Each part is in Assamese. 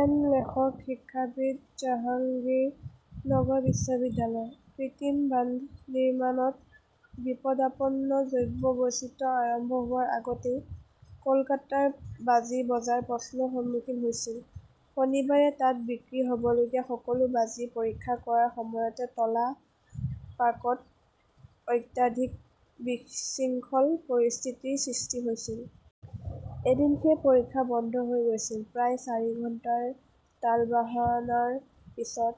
এন লেখক শিক্ষাবিদ, জাহাংগীৰনগৰ বিশ্ববিদ্যালয়। কৃত্ৰিম বান্ধ নিৰ্মাণত বিপদাপন্ন জৈৱ বৈচিত্ৰ্য আৰম্ভ হোৱাৰ আগতেই কলকাতাৰ বাজি বজাৰ প্ৰশ্নৰ সন্মুখীন হৈছিল। শনিবাৰে তাত বিক্ৰী হʼবলগীয়া সকলো বাজি পৰীক্ষা কৰাৰ সময়তে টালা পাৰ্কত অত্যাধিক বিশৃংখল পৰিস্থিতিৰ সৃষ্টি হৈছিল। এদিন সেই পৰীক্ষা বন্ধ হৈ গৈছিল। প্ৰায় চাৰি ঘণ্টাৰ তালবাহনাৰ পিছত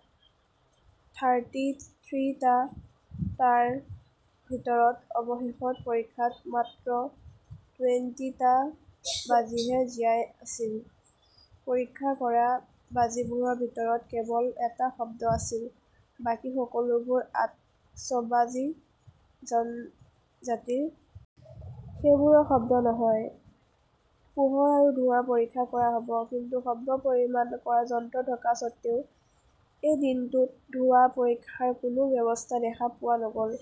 থাৰ্টি থ্ৰী টাৰ ভিতৰত অৱশেষত পৰীক্ষাত মাত্ৰ টুয়েণ্টি টা বাজিহে জীয়াই আছিল। পৰীক্ষা কৰা বাজিবোৰৰ ভিতৰত কেৱল এটা শব্দ আছিল। বাকী সকলোবোৰ আতচবাজী জনজাতিৰ। সেইবোৰৰ শব্দ নহয়, পোহৰ আৰু ধোঁৱা পৰীক্ষা কৰা হ 'ব। কিন্তু শব্দ পৰিমাপ কৰা যন্ত্ৰ থকা স্বত্বেও, এই দিনটোত ধোঁৱা পৰীক্ষাৰ কোনো ব্যৱস্থা দেখা পোৱা নগʼল!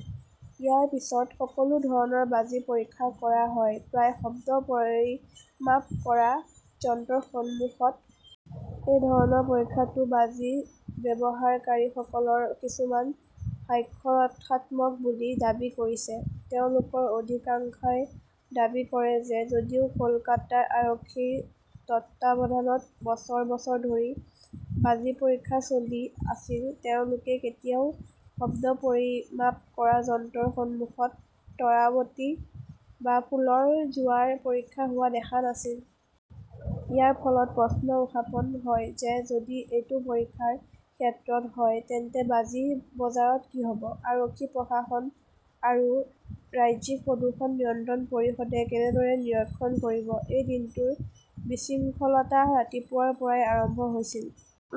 ইয়াৰ পিছত সকলো ধৰণৰ বাজি পৰীক্ষা কৰা হয়, প্ৰায় শব্দ পৰিমাপ কৰা যন্ত্ৰৰ সন্মুখত! এই ধৰণৰ পৰীক্ষাটো বাজি ব্যৱহাৰকাৰীসকলৰ কিছুমানে হাস্যৰসাত্মক বুলি দাবী কৰিছে। তেওঁলোকৰ অধিকাংশই দাবী কৰে যে যদিও কলকাতা আৰক্ষীৰ তত্বাৱধানত বছৰ বছৰ ধৰি বাজি পৰীক্ষা চলি আছিল, তেওঁলোকে কেতিয়াও শব্দ পৰিমাপ কৰা যন্ত্ৰৰ সন্মুখত তৰাৱতী বা ফুলৰ জোৱাৰ পৰীক্ষা হোৱা দেখা নাছিল। ইয়াৰ ফলত প্ৰশ্ন উত্থাপন হয় যে যদি এইটো পৰীক্ষাৰ ক্ষেত্ৰত হয়, তেন্তে বাজি বজাৰত কি হ 'ব? আৰক্ষী-প্ৰশাসন আৰু ৰাজ্যিক প্ৰদূষণ নিয়ন্ত্ৰণ পৰিষদে কেনেদৰে নিৰীক্ষণ কৰিব? এই দিনটোৰ বিশৃংখলতা ৰাতিপুৱাৰ পৰাই আৰম্ভ হৈছিল।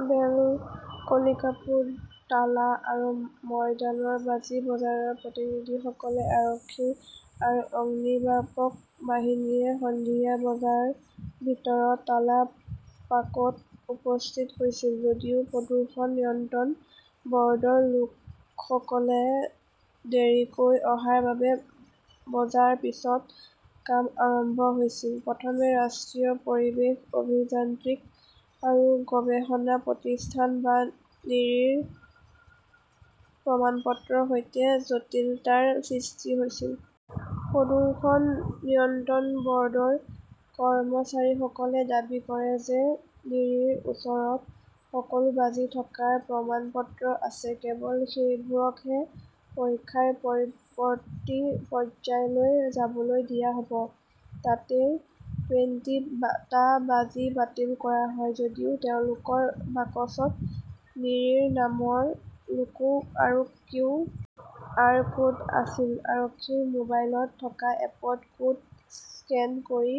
বেলা, কালিকাপুৰ, টালা আৰু ময়দানৰ বাজি বজাৰৰ প্ৰতিনিধিসকল, আৰক্ষী আৰু অগ্নিনিৰ্বাপক বাহিনীয়ে সন্ধিয়া বজাৰ ভিতৰত টালা পাৰ্কত উপস্থিত হৈছিল যদিও প্ৰদূষণ নিয়ন্ত্ৰণ বʼৰ্ডৰ লোকসকলে দেৰিকৈ অহাৰ বাবে বজাৰ পিছত কাম আৰম্ভ হৈছিল। প্ৰথমে ৰাষ্ট্ৰীয় পৰিৱেশ অভিযান্ত্ৰিক আৰু গৱেষণা প্ৰতিষ্ঠান বা নিৰীৰ প্ৰমাণপত্ৰৰ সৈতে জটিলতাৰ সৃষ্টি হৈছিল। প্ৰদূষণ নিয়ন্ত্ৰণ বʼৰ্ডৰ কৰ্মচাৰীসকলে দাবী কৰে যে নিৰীৰ ওচৰত সকলো বাজি থকাৰ প্ৰমাণপত্ৰ আছে, কেৱল সেইবোৰকহে পৰীক্ষাৰ পৰৱৰ্তী পৰ্যায়লৈ যাবলৈ দিয়া হʼব। তাতেই টুয়েণ্টি টা বাজি বাতিল কৰা হয়। যদিও তেওঁলোকৰ বাকচত নিৰীৰ নামৰ লোগো আৰু কিউ. আৰ. কোড আছিল, আৰক্ষীৰ মোবাইলত থকা এপত কোড স্কেন কৰি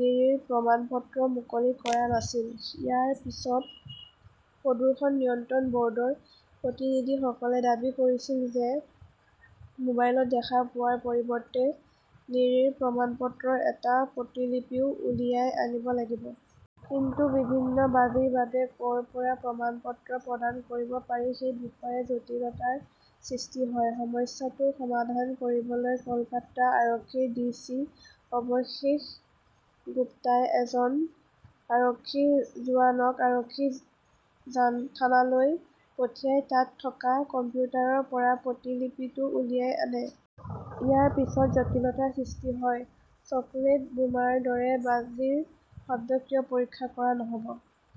নিৰীৰ প্ৰমাণপত্ৰ মুকলি কৰা নাছিল। ইয়াৰ পিছত প্ৰদূষণ নিয়ন্ত্ৰণ বʼৰ্ডৰ প্ৰতিনিধিসকলে দাবী কৰিছিল যে মোবাইলত দেখা পোৱাৰ পৰিৱৰ্তে নিৰীৰ প্ৰমাণপত্ৰৰ এটা প্ৰতিলিপিও উলিয়াই আনিব লাগিব। কিন্তু বিভিন্ন বাজিৰ বাবে কʼৰ পৰা প্ৰমাণপত্ৰ প্ৰদান কৰিব পাৰি সেই বিষয়ে জটিলতাৰ সৃষ্টি হয়। সমস্যাটো সমাধান কৰিবলৈ কলকাতা আৰক্ষীৰ ডি. চি. অভিষেক গুপ্তাই এজন আৰক্ষী জোৱানক আৰক্ষী থানালৈ পঠিয়াই তাত থকা কম্পিউটাৰৰ পৰা প্ৰতিলিপিটো উলিয়াই আনে। ইয়াৰ পিছত জটিলতাৰ সৃষ্টি হয়, চকলেট বোমাৰ দৰে বাজিৰ শব্দ কিয় পৰীক্ষা কৰা নহ 'ব।